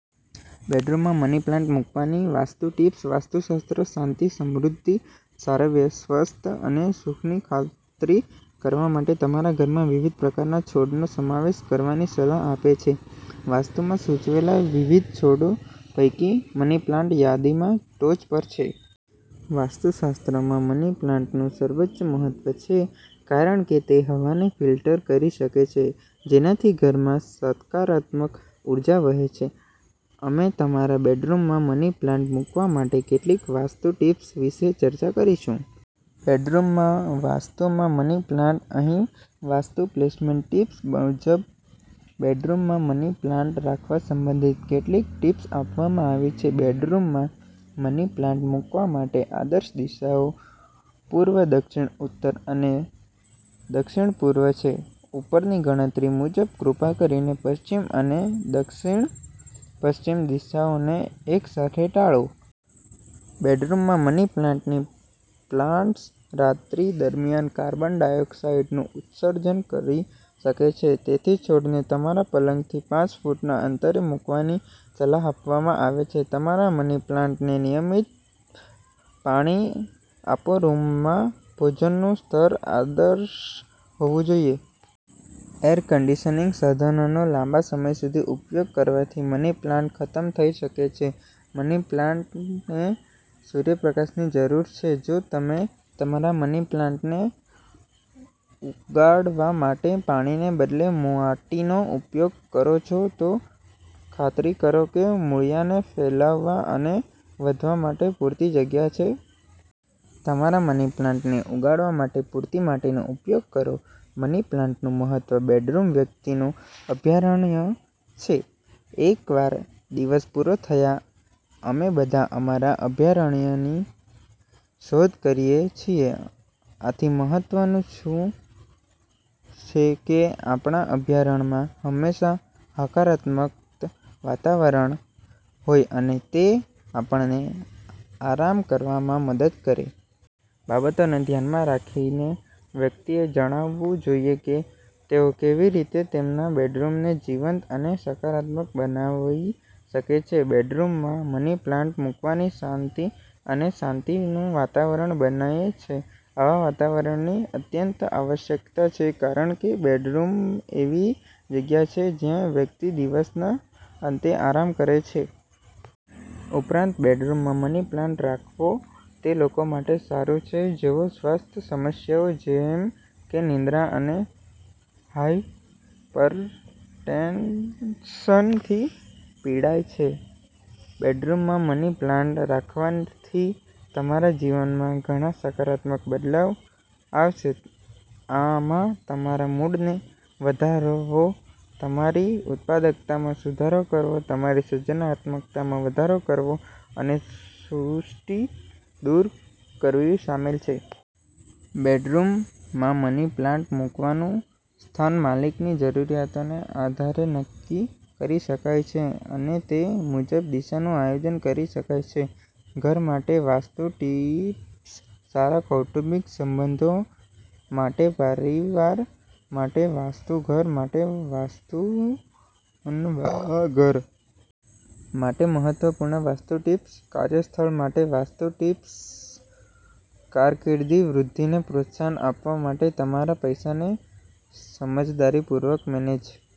બેડરૂમમાં money plant મૂકવાની vastu tips vastu shastra શાંતિ, સમૃદ્ધિ, સારા વ્યસ્વસ્ત અને સુખની ખાતરી કરવા માટે તમારા ઘરમાં વિવિધ પ્રકારના છોડનો સમાવેશ કરવાની સલાહ આપે છે. વાસ્તુમાં સૂચવેલા વિવિધ છોડો પૈકી, મની પ્લાન્ટ યાદીમાં ટોચ પર છે. વાસ્તુશાસ્ત્રમાં મની પ્લાન્ટનું સર્વચ મહત્વ છે, કારણ કે તે હવાને ફિલ્ટર કરી શકે છે, જેનાથી ઘરમાં સકારાત્મક ઉર્જા વહે છે. અમે તમારા બેડરૂમમાં મની પ્લાન્ટ મૂકવા માટે કેટલીક વાસ્તુ ટિપ્સ વિશે ચર્ચા કરીશું. બેડરૂમમાં વાસ્તુમાં મની પ્લાન્ટ અહીં વાસ્તુ પ્લેસમેન્ટ ટિપ્સ બ મુજબ બેડરૂમમાં મની પ્લાન્ટ રાખવા સંબંધિત કેટલીક ટિપ્સ આપવામાં આવી છે. બેડરૂમમાં મની પ્લાન્ટ મૂકવા માટે આદર્શ દિશાઓ પૂર્વ, દક્ષિણ, ઉત્તર અને દક્ષિણ-પૂર્વ છે. ઉપરની ગણતરી મુજબ, કૃપા કરીને પશ્ચિમ અને દક્ષિણ-પશ્ચિમ દિશાઓને એકસાથે ટાળો. બેડરૂમમાં મની પ્લાન્ટની પ્લાન્ટ્સ રાત્રિ દરમિયાન કાર્બન ડાયોક્સાઇડનું ઉત્સર્જન કરી શકે છે. તેથી, છોડને તમારા પલંગથી પાંચ ફૂટના અંતરે મૂકવાની સલાહ આપવામાં આવે છે. તમારા મની પ્લાન્ટને નિયમિત પાણી આપોરૂમમાં ભોજનનું સ્તર આદર્શ હોવું જોઈએ. એર કન્ડીશનીંગ સધનોનો લાંબા સમય સુધી ઉપયોગ કરવાથી મની પ્લાન્ટ ખતમ થઈ શકે છે. મની પ્લાન્ટને સૂર્યપ્રકાશની જરૂર છેજો તમે તમારા મની પ્લાન્ટને ઉગાડવા માટે પાણીને બદલે માટીનો ઉપયોગ કરો છો, તો ખાતરી કરો કે મૂળિયાને ફેલાવવા અને વધવા માટે પૂરતી જગ્યા છે. તમારા મની પ્લાન્ટને ઉગાડવા માટે પૂરતી માટેનો ઉપયોગ કરો મની પ્લાન્ટનું મહત્વ બેડરૂમવ્યક્તિનું અભ્યારણ્ય છે. એકવાર દિવસ પૂરો થયા, અમે બધા અમારા અભ્યારણ્યની શોધ કરીએ છીએ. આથીમહત્વનું છે કે આપણા અભ્યારણ્યમાં હંમેશા હાકારાત્મક વાતાવરણ હોય અને તે આપણને આરામ કરવામાં મદદ કરે. બાબતોને ધ્યાનમાં રાખીને, વ્યક્તિએ જાણવું જોઈએ કે તેઓ કેવી રીતે તેમના બેડરૂમને જીવંત અને સકારાત્મક બનાવી શકે છે. બેડરૂમમાં મની પ્લાન્ટ મૂકવાની શાંતિ અને શાંતિનું વાતાવરણ બને છે. આવા વાતાવરણની અત્યંત આવશ્યકતા છે કારણ કે બેડરૂમએવી જગ્યા છે જ્યાં વ્યક્તિ દિવસના અંતે આરામ કરે છે. ઉપરાંત, બેડરૂમમાં મની પ્લાન્ટ રાખવો તે લોકો માટે સારું છે જેઓ સ્વાસ્થ્ય સમસ્યાઓ જેમ કે નિંદ્રા અને હાયપરટેન્શનથી પીડાય છે. બેડરૂમમાં મની પ્લાન્ટ રાખવાથી તમારા જીવનમાં ઘણા સકારાત્મક બદલાવ આવશે. આમાં તમારા મૂડને વધારવો, તમારી ઉત્પાદકતામાં સુધારો કરવો, તમારી સર્જનાત્મકતામાં વધારો કરવો અને સુસ્તી દૂર કરવી શામેલ છે. બેડરૂમમાં મની પ્લાન્ટ મૂકવાનું સ્થાન માલિકની જરૂરિયાતોને આધારે નક્કી કરી શકાય છે, અને તે મુજબ, દિશાનું આયોજન કરી શકાય છે. ઘર માટે વાસ્તુ ટિપ્સસારા કૌટુંબિક સંબંધો માટે પારિવાર માટે વાસ્તુ, ઘર માટે વાસ્તુનવા ઘર માટે મહત્વપૂર્ણ વાસ્તુ ટિપ્સ, કાર્યસ્થળ માટે વાસ્તુ ટિપ્સકારકિર્દી વૃદ્ધિને પ્રોત્સાહન આપવા માટે, તમારા પૈસાને સમજદારીપૂર્વક મેનેજ